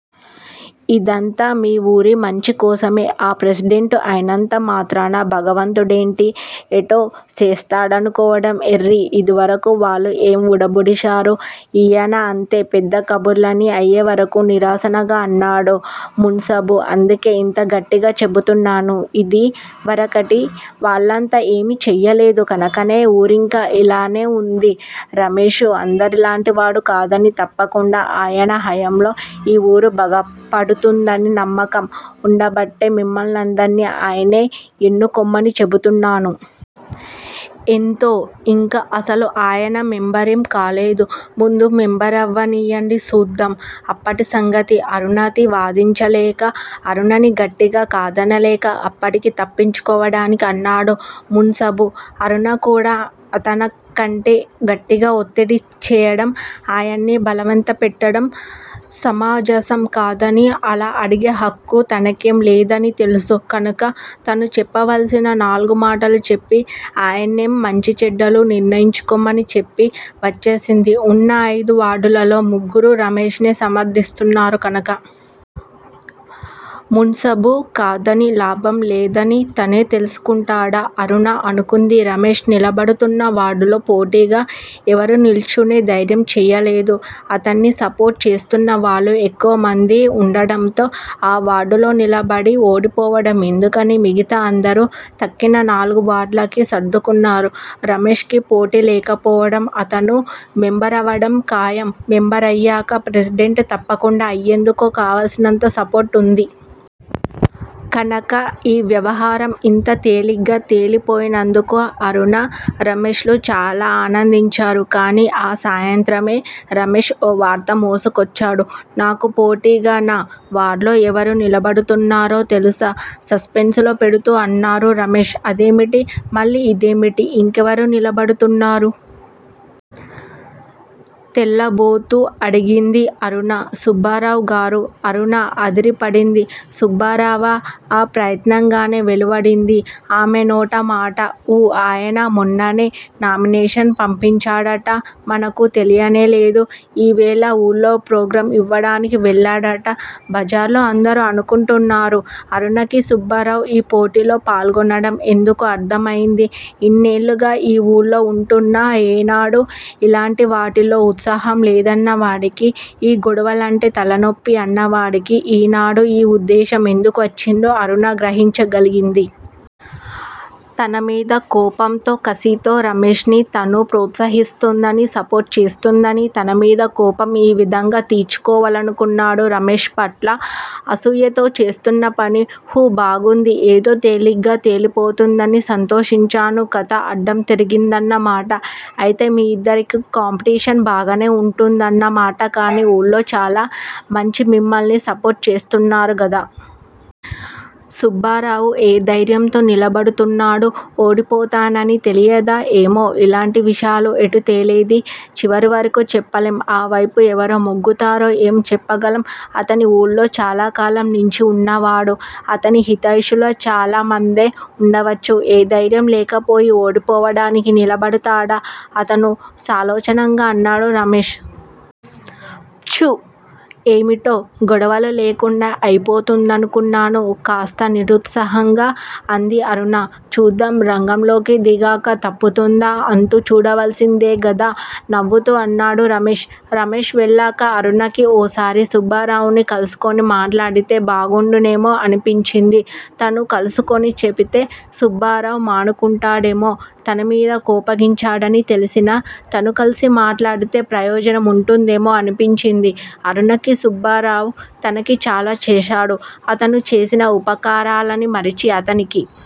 ఇదంతా మీ ఊరి మంచికోసమే. ఆప్రెసిడెంటు అయినంతమాత్రాన భగవంతుడుడేంటి, ఏటో సేస్తాడనుకోవడం ఎర్రి ఇదివరకు వాళ్ళు ఏం వూడబొడిశారు? ఈయనఅంతే పెద్ద కబుర్లన్నీ అయ్యేవరకే నిరసనగా అన్నాడు మున్సబు. అందుకే ఇంతగట్టిగా చెబుతున్నాను. ఇదివరకటి వాళ్ళంతా ఏమీ చెయ్యలేదు కనకనే వూరింకా ఇలాగే ఉంది. రమేషు అందరిలాంటివాడు కాదని, తప్పకుండా ఆయనహయాములో ఈ ఊరు బాగుపడుతుందనినమ్మకం ఉండబట్టే మిమ్మల్నందరిని ఆయన్నే యెన్నుకోమనిచెపుతున్నాను. ఎంతోఇంకా అసలు ఆయనమెంబరేం కాలేదు. ముందు మెంబరవనీయండి సూద్దాం. అప్పటిసంగతి అరుణతో వాదించలేక, అరుణని గట్టిగా కాదనలేక అప్పటికి తప్పించుకోవడానికి అన్నాడు మున్సబు. అరుణకూడా అంతకంటే గట్టిగా ఒత్తిడి చేయడం, ఆయన్ని బలవంతపెట్టడం సమంజసం కాదని అలా అడిగే హక్కు తనకేం లేదని తెలుసు కనక తను చెప్పవల్సిన నాలుగు మాటలు చెప్పి ఆయన్నేం మంచిచెడ్డలు నిర్ణయించుకోమని చెప్పి వచ్చేసింది ఉన్న అయిదు వార్డులలో ముగ్గురు రమేష్ నే సమర్ధిస్తున్నారు కనక. మున్సబు కాదని లాభంలేదని తనే తెలుసుకుంటాడా అరుణ అనుకుంది. రమేష్ నిలబడుతున్న వార్డులో పోటీగా ఎవరూ నిలుచునే ధైర్యం చెయ్యలేదు. అతన్ని సపోర్టు చేస్తున్నవాళ్ళు ఎక్కువమంది ఉండడంతో ఆ వార్డులోనిలబడి ఓడిపోవడం ఎందుకని మిగతా అందరూ తక్కిన నాలుగు వార్డులకి సర్దుకున్నారు. రమేష్ కి పోటీ లేకపోవడం, అతను మెంబరవడం ఖాయం మెంబరయ్యాక ప్రెసిడెంటు తప్పకుండా అయ్యేందుకు కావలసినంత సపోర్టు ఉంది. కనక ఈ వ్యవహారం ఇంత తేలిగ్గా తేలిపోయినందుకు అరుణ, రమేష్ లు చాలా ఆనందించారు కానీ, ఆ సాయంత్రమే రమేష్ ఓ వార్త మోసుకొచ్చాడు. నాకు పోటీగా నా వార్డులో ఎవరు నిలబడుతున్నారో తెలుసా? సస్పెన్సులో పెడుతూ అన్నారు రమేష్. అదేమిటి? మళ్ళీ ఇదేమిటి? ఇంకెవరు నిలబడుతున్నారు? తెల్లబోతూఅడిగింది అరుణ. సుబ్బారావుగారు: అరుణఅదిరిపడింది సుబ్బారావా అప్రయత్నంగానే వెలువడింది ఆమెనోట మాట. ఊ ఆయన మొన్ననే నామినేషన్ పంపించాడట మనకు తెలియనేలేదు. ఈవేళ ఊళ్ళో ప్రోగ్రాం ఇవ్వడానికి వెళ్ళాడట. బజార్లో అందరూ అనుకుంటున్నారు. అరుణకి సుబ్బారావు ఈ పోటీలో పాల్గొనడం ఎందుకు అర్ధం అయింది. ఇన్ని ఏళ్ళుగా ఈ ఊళ్ళో ఉంటున్నా ఏనాడూ ఇలాంటి వాటిల్లో ఉత్సాహం లేదన్నవాడికి ఈ గొడవలంటే తలనొప్పి అన్నవాడికి ఈ నాడు ఈ ఉద్దేశం ఎందుకువచ్చిందో అరుణ గ్రహించగలిగింది. తనమీద కోపంతో, కసితో రమేష్ ని తను ప్రోత్సహిస్తుందని, సపోర్టు చేస్తూందని తనమీద కోపం యీ విధంగా తీర్చుకోవాలనుకున్నాడు. రమేష్ పట్ల అసూయతో చేస్తున్నపని: హుబాగుంది ఏదో తేలిగ్గా తేలిపోతుందని సంతోషించాను కథ అడ్డం తిరిగిందన్నమాట. అయితే మీ ఇద్దరికీ కాంపిటీషన్ బాగానే ఉంటుందన్న మాటకానీ ఊళ్ళో చాలా మంచిమిమ్మల్ని సపోర్టు చేస్తున్నారు గదా? సుబ్బారావు ఏ ధైర్యంతో నిలబడుతున్నాడు? ఓడిపోతానని తెలియదా? ఏమో? ఇలాంటి విషయాలు ఎటు తేలేది చివరివరకు చెప్పలేం. ఆ వైపు ఎవరు మొగ్గుతారో ఏం చెప్పగలం? అతనీఊళ్ళో చాలాకాలం నించిఉన్నవాడు. అతని హితైషులు చాలా మందే ఉండవచ్చు:ఏ ధైర్యం లేకపోయి ఓడిపోవడానికి నిలబడతాడా అతను? సాలోచనగా అన్నాడు రమేష్. ప్చ్ ఏమిటో గొడవలు లేకుండా అయిపోతుందనుకున్నాను. కాస్త నిరుత్సాహంగా అంది అరుణ. చూద్దాం రంగంలోకి దిగాక తప్పుతుందా అంతు చూడవలసిందేగదా? నవ్వుతూ అన్నాడు రమేష్. రమేషు వెళ్ళాక అరుణకి ఓసారి సుబ్బారావుని కలుసుకుని మాట్లాడితే బాగుండునేమో అనిపించింది తను కలుసుకుని చెపితే సుబ్బారావు మానుకుంటాడేమో తనమీద కోపగించాడని తెలిసినా, తనుకలిసి మాట్లాడితే ప్రయోజనం ఉంటుందేమో అనిపించింది అరుణకి, సుబ్బారావు తనకి చాలా చేశాడు. అతను చేసిన ఉపకారాలని మరచి, అతనికి